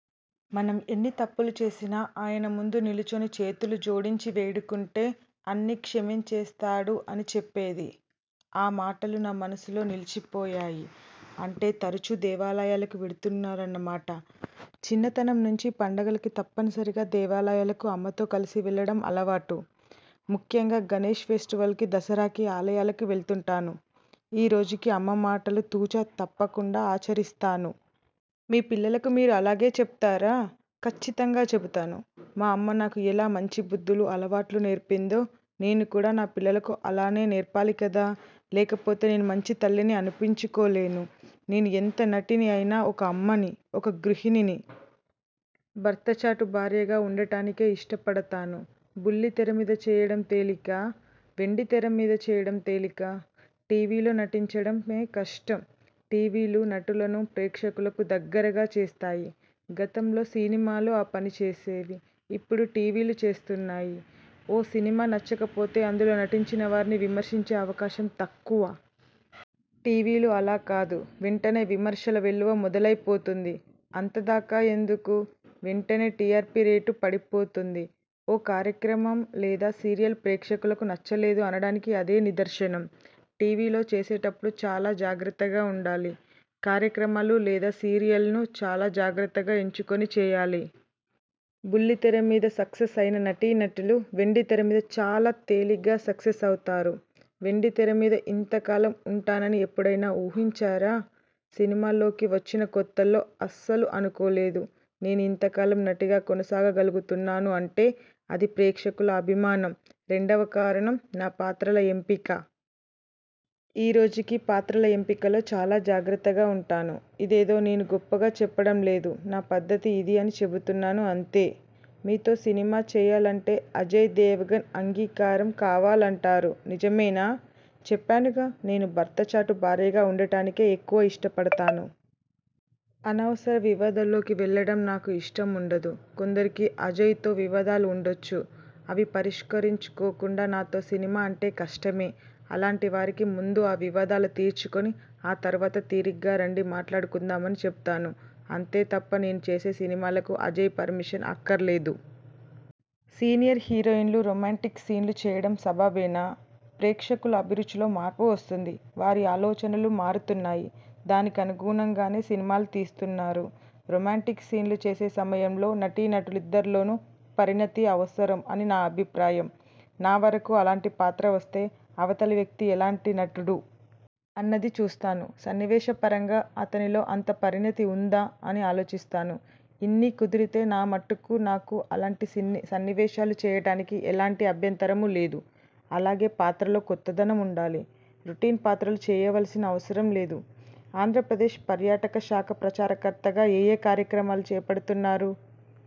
మనం ఎన్ని తప్పులు చేసినా ఆయన ముందు నిలుచుని చేతులు జోడించి వేడుకుంటే అన్నీ క్షమించేస్తాడు అని చెప్పేది. ఆ మాటలు నా మనసులో నిలిచిపోయాయి. అంటే తరచూ దేవాలయాలకు వెడుతుంటారన్నమాట? చిన్నతనం నుంచి పండుగలకి తప్పనిసరిగా దేవాలయాలకు అమ్మతో కలిసి వెళ్ళడం అలవాటు. ముఖ్యంగా గణేష్ ఫెస్టివల్కీ, దసరాకి ఆలయాలకు వెడుతుంటాను ఈ రోజుకీ అమ్మ మాటలను తూచా తప్పకుండా ఆచరిస్తాను. మీ పిల్లలకు మీరూ అలాగే చెబుతారా? కచ్చితంగా చెబుతాను. మా అమ్మ నాకు ఎలా మంచి బుద్ధులు, అలవాట్లూ నేర్పిందో, నేను కూడా నా పిల్లలకు అలానే నేర్పాలి కదా! లేకపోతే నేను మంచి తల్లిని అనిపించుకోలేను. నేను ఎంత నటిని అయినా ఒక అమ్మనీ, ఒక గృహిణినీ. భర్తచాటు భార్యగా ఉండడానికే ఇష్టపడతాను. బుల్లి తెర మీద చేయడం తేలికా? వెండితెర మీద చేయడం తేలికా? టీవీలో నటించడమే కష్టం. టీవీలు నటులను ప్రేక్షకులకు దగ్గర చేస్తాయి. గతంలో సినిమాలు ఆ పని చేసేవి. ఇప్పుడు టీవీలు చేస్తున్నాయి. ఓ సినిమా నచ్చకపోతే అందులో నటించిన వారిని విమర్శించే అవకాశం తక్కువ. టీవీలు అలా కాదు. వెంటనే విమర్శల వెల్లువ మొదలైపోతుంది. అంతదాకా ఎందుకు? వెంటనే టిఆర్పీ రేటు పడిపోతుంది. ఓ కార్యక్రమం లేదా సీరియల్ ప్రేక్షకులకు నచ్చలేదు అనడానికి అదే నిదర్శనం. టీవీలో చేసేటప్పుడు చాలా జాగ్రత్తగా ఉండాలి. కార్యక్రమాలు లేదా సీరియల్ను చాలా జాగ్రత్తగా ఎంచుకుని చేయాలి. బుల్లి తెర మీద సక్సెస్ అయిన నటీనటులు వెండితెర మీద చాలా తేలిగ్గా సక్సెస్ అవుతారు. వెండితెర మీద ఇంతకాలం ఉంటానని ఎప్పుడైనా ఊహించారా? సినిమాల్లోకి వచ్చిన కొత్తల్లో అస్సలు అనుకోలేదు. నేను ఇంత కాలం నటిగా కొనసాగగలుగుతున్నాను అంటే అది ప్రేక్షకుల అభిమానం. రెండవ కారణం నా పాత్రల ఎంపిక. ఈరోజుకీ పాత్రల ఎంపికలో చాలా జాగ్రత్తగా ఉంటాను. ఇదేదో నేను గొప్పగా చెప్పడం లేదు. నా పద్ధతి ఇది అని చెబుతున్నాను అంతే! మీతో సినిమా చేయాలంటే అజయ్ దేవగన్ అంగీకారం కావాలంటారు నిజమేనా? చెప్పానుగా నేను భర్త చాటు భార్యగా ఉండడానికే ఎక్కువ ఇష్టపడతాను. అనవసరన వివాదాల్లోకి వెళ్ళడం నాకు ఇష్టం ఉండదు. కొందరికి అజయ్తో వివాదాలు ఉండొచ్చు అవి పరిష్కరించుకోకుండా నాతో సినిమా అంటే కష్టమే! అలాంటి వారికి ముందు ఆ వివాదాలు తీర్చుకుని ఆ తరువాత తీరిగ్గా రండి మాట్లాడుకుందామని చెబుతాను. అంతే తప్ప నేను చేసే సినిమాలకు అజయ్ పర్మిషన్ అక్కర్లేదు. సీనియర్ హీరోయిన్లు రొమాంటిక్ సీన్లు చేయడం సబబేనా? ప్రేక్షకుల అభిరుచిలో మార్పు వస్తోంది. వారి ఆలోచనలూ మారుతున్నాయి. దానికనుగుణంగానే సినిమాలూ తీస్తున్నారు. రొమాంటిక్ సీన్లు చేసే సమయంలో నటీనటులిద్దరిలోనూ పరిణితి అవసరం అని నా అభిప్రాయం. నా వరకూ అలాంటి పాత్ర వస్తే అవతలి వ్యక్తి ఎలాంటి నటుడు? అన్నది చూస్తాను. సన్నివేశపరంగా అతనిలో అంత పరిణితి ఉందా అని ఆలోచిస్తాను. ఇన్ని కుదిరితే నా మటుకు నాకు అలాంటి సన్నివేశాలు చేయడానికి ఎలాంటి అభ్యంతరమూ లేదు. అలాగే పాత్రలో కొత్తదనం ఉండాలి. రొటీన్ పాత్రలూ చేయవలసిన అవసరం లేదు. ఆంధ్రప్రదేశ్ పర్యాటక శాఖ ప్రచారకర్తగా ఏఏ కార్యక్రమాలు చేపడుతున్నారు?